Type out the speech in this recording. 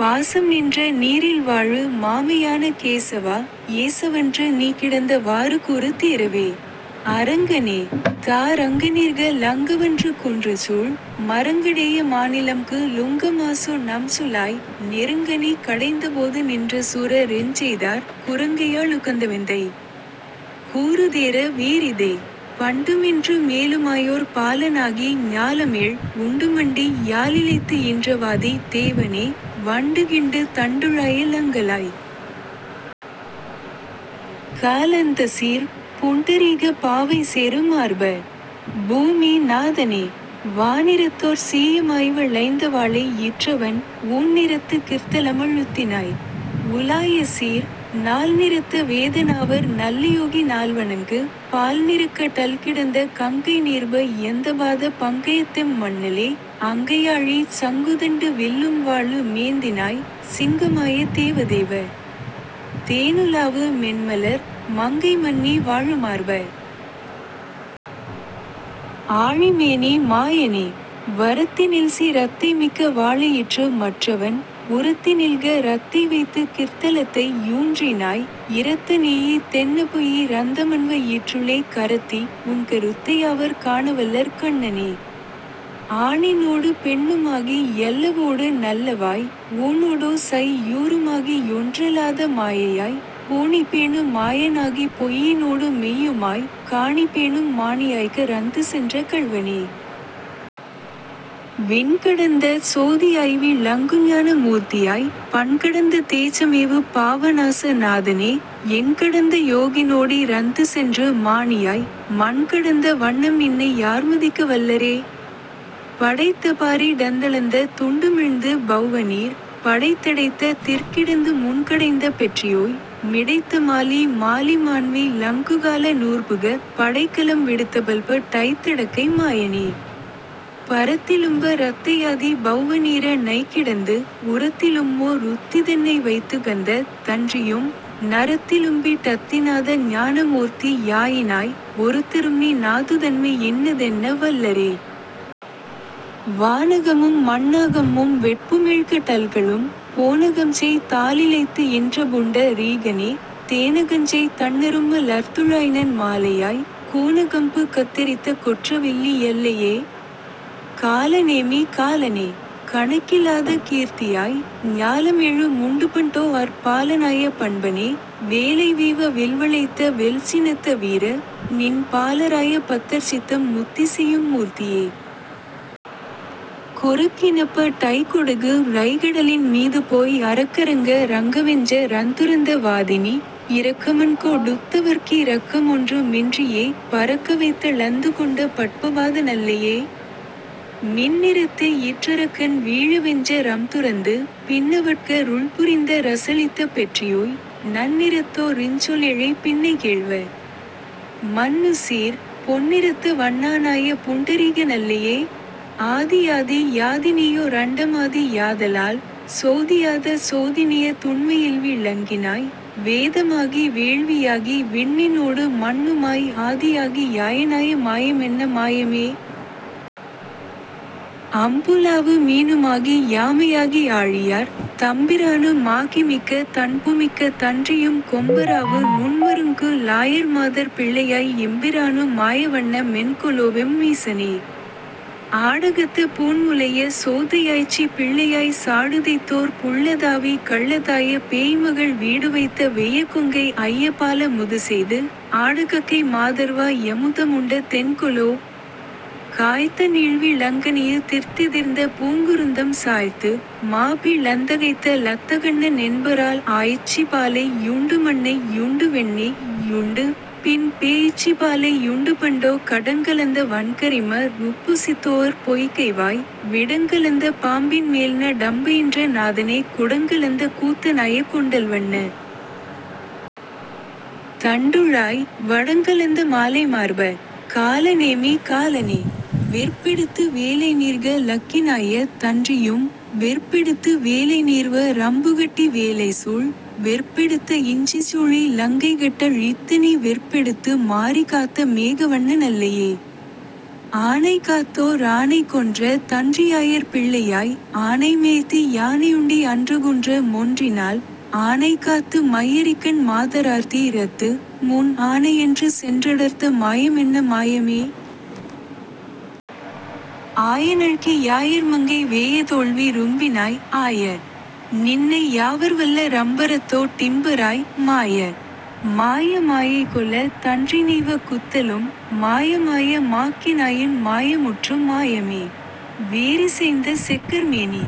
பாசம்நின்ற நீரில்வாழு மாமையான கேசவா, ஏசவன்று நீகிடந்த வாறுகூறு தேறவே. அரங்கனே. த ரங்கநீர்க லங்கவன்று குன்றுசூழ், மரங்கடேய மாநிலம்கு லுங்கமாசு ணம்சுலாய், நெருங்கநீ கடைந்தபோது நின்றசூர ரெஞ்செய்தார், குரங்கையா ளுகந்தவெந்தை. கூறுதேற வேறிதே. பண்டுமின்று மேலுமாயொர் பாலனாகி ஞாலமேழ், உண்டுமண்டி யாலிலைத்து யின்றவாதி தேவனே, வண்டுகிண்டு தண்டுழாய லங்கலாய். க லந்தசீர்ப், புண்டரீக பாவைசேரு மார்ப. பூமி நாதனே. வானிறத்தொர் சீயமாய்வ ளைந்தவாளெ யிற்றவன், ஊன்நிறத்து கிர்த்தலம ழுத்தினாய். உ லாயசீர், நால்நிறத்த வேதநாவர் நல்லயோகி னால்வணங்கு, பால்நிறக்க டல்கிடந்த கங்கைநீர்ப யந்தபாத பங்கயத்தெம் மண்ணலே, அங்கையாழி சங்குதண்டு வில்லும்வாளு மேந்தினாய், சிங்கமாய தேவதேவ. தேனுலாவு மென்மலர், மங்கைமன்னி வாழுமார்ப. ஆழிமேனி மாயனே. வரத்தினில்சி ரத்தைமிக்க வாளெயிற்று மற்றவன், உரத்தினில்க ரத்தைவைத்து கிர்த்தலத்தை யூன்றினாய், இரத்தநீயி தென்னபொய்யி ரந்தமண்வ யிற்றுளே கரத்தி, உன்க ருத்தையாவர் காணவல்லர் கண்ணனே. ஆணினோடு பெண்ணுமாகி யல்லவோடு நல்லவாய், ஊணொடோ சை யூறுமாகி யொன்றலாத மாயையாய், பூணிபேணு மாயனாகிப் பொய்யினோடு மெய்யுமாய், காணிபேணும் மாணியாய்க்க ரந்துசென்ற கள்வனே. விண்கடந்த சோதியாய்வி ளங்குஞான மூர்த்தியாய், பண்கடந்த தேசமேவு பாவநாச நாதனே, எண்கடந்த யோகினோடி ரந்துசென்று மாணியாய், மண்கடந்த வண்ணம்நின்னை யார்மதிக்க வல்லரே? படைத்தபாரி டந்தளந்த துண்டுமிழ்ந்து பௌவநீர், படைத்தடைத்த திற்கிடந்து முன்கடைந்த பெற்றியோய், மிடைத்தமாலி மாலிமான்வி லங்குகால னூர்புக, படைக்கலம் விடுத்தபல்ப டைத்தடக்கை மாயனே. பரத்திலும்ப ரத்தையாதி பௌவநீர ணைக்கிடந்து, உரத்திலும்மொ ருத்திதன்னை வைத்துகந்த தன்றியும், நரத்திலும்பி றத்திநாத ஞானமூர்த்தி யாயினாய், ஒருத்தரும்நி னாதுதன்மை யின்னதென்ன வல்லரே. வானகம்மும் மண்ணாகம்மும் வெற்புமேழ்க டல்களும், போனகம்செய் தாலிலைத்து யின்றபுண்ட ரீகனே, தேனகஞ்செய் தண்ணறும்ம லர்த்துழாய்நன் மாலையாய், கூனகம்பு கத்தெறித்த கொற்றவில்லி யல்லையே? காலநேமி காலனே. கணக்கிலாத கீர்த்தியாய், ஞாலமேழு முண்டுபண்டோ ர் பாலனாய பண்பனே, வேலைவேவ வில்வளைத்த வெல்சினத்த வீர, நின் பாலராய பத்தர்சித்தம் முத்திசெய்யும் மூர்த்தியே. குரக்கினப்ப டைகொடுகு ரைகடலின் மீதுபோய் அரக்கரங்க ரங்கவெஞ்ச ரந்துரந்த வாதிநீ, இரக்கமண்கொ டுத்தவற்கி ரக்கமொன்று மின்றியே, பரக்கவைத்த ளந்துகொண்ட பற்பபாத னல்லையே? மின்னிறத்தெ யிற்றரக்கன் வீழவெஞ்ச ரம்துரந்து, பின்னவற்க ருள்புரிந்த ரசளித்த பெற்றியோய், நன்னிறத்தொ ரிஞ்சொலேழை பின்னைகேள்வ. மன்னுசீர், பொன்னிறத்த வண்ணானாய புண்டரீக னல்லையே? ஆதியாதி யாதிநீயொ ரண்டமாதி யாதலால், சோதியாத சோதிநீஅ துண்மையில்வி ளங்கினாய், வேதமாகி வேள்வியாகி விண்ணினோடு மண்ணுமாய் ஆதியாகி யாயனாய மாயமென்ன மாயமே? அம்புலாவு மீனுமாகி யாமையாகி ஆழியார், தம்பிரானு மாகிமிக்க தன்புமிக்க தன்றியும் கொம்பராவு நுண்மருங்கு லாயர்மாதர் பிள்ளையாய் எம்பிரானு மாயவண்ண மென்கொலோவெம் மீசனே. ஆடகத்த பூண்முலைய சோதையாய்ச்சி பிள்ளையாய் சாடுதைத்தோர் புள்ளதாவி கள்ளதாய பேய்மகள் வீடுவைத்த வெய்யகொங்கை ஐயபால முதுசெய்து, ஆடகக்கை மாதர்வா யமுதமுண்ட தென்கொலோ? காய்த்தநீள்வி ளங்கனியு திர்த்தெதிர்ந்த பூங்குருந்தம் சாய்த்து, மாபி ளந்தகைத்த லத்தகண்ண னென்பரால் ஆய்ச்சிபாலை யுண்டுமண்ணை யுண்டுவெண்ணெ யுண்டு, பின் பேய்ச்சிபாலை யுண்டுபண்டொ கடங்கலந்த வன்கரிம ருப்பொசித்துஓர் பொய்கைவாய், விடங்கலந்த பாம்பின்மேல்ந டம்பயின்ற நாதனே குடங்கலந்த கூத்தனாய கொண்டல்வண்ண. தண்டுழாய், வடங்கலந்த மாலைமார்ப. காலநேமி காலனே. வெற்பெடுத்து வேலைநீர்க லக்கினாய்அ தன்றியும், வெற்பெடுத்து வேலைநீர்வ ரம்புகட்டி வேலைசூழ், வெற்பெடுத்த இஞ்சிசூழி லங்கைகட்ட ழித்தநீ வெற்பெடுத்து மாரிகாத்த மேகவண்ண னல்லையே. ஆனைகாத்தொ ரானைகொன்ற தன்றியாயர் பிள்ளையாய், ஆனைமேய்த்தி யானெயுண்டி அன்றுகுன்ற மொன்றினால், ஆனைகாத்து மையரிக்கண் மாதரார்தி றத்து, முன் ஆனையன்று சென்றடர்த்த மாயமென்ன மாயமே? ஆயனாகி யாயர்மங்கை வேயதோள்வி ரும்பினாய், ஆய. நின்னை யாவர்வல்ல ரம்பரத்தொ டிம்பராய், மாய. மாய மாயைகொல்அ தன்றிநீவ குத்தலும், மாயமாய மாக்கினாயுன் மாயமுற்று மாயமே. வேறிசைந்த செக்கர்மேனி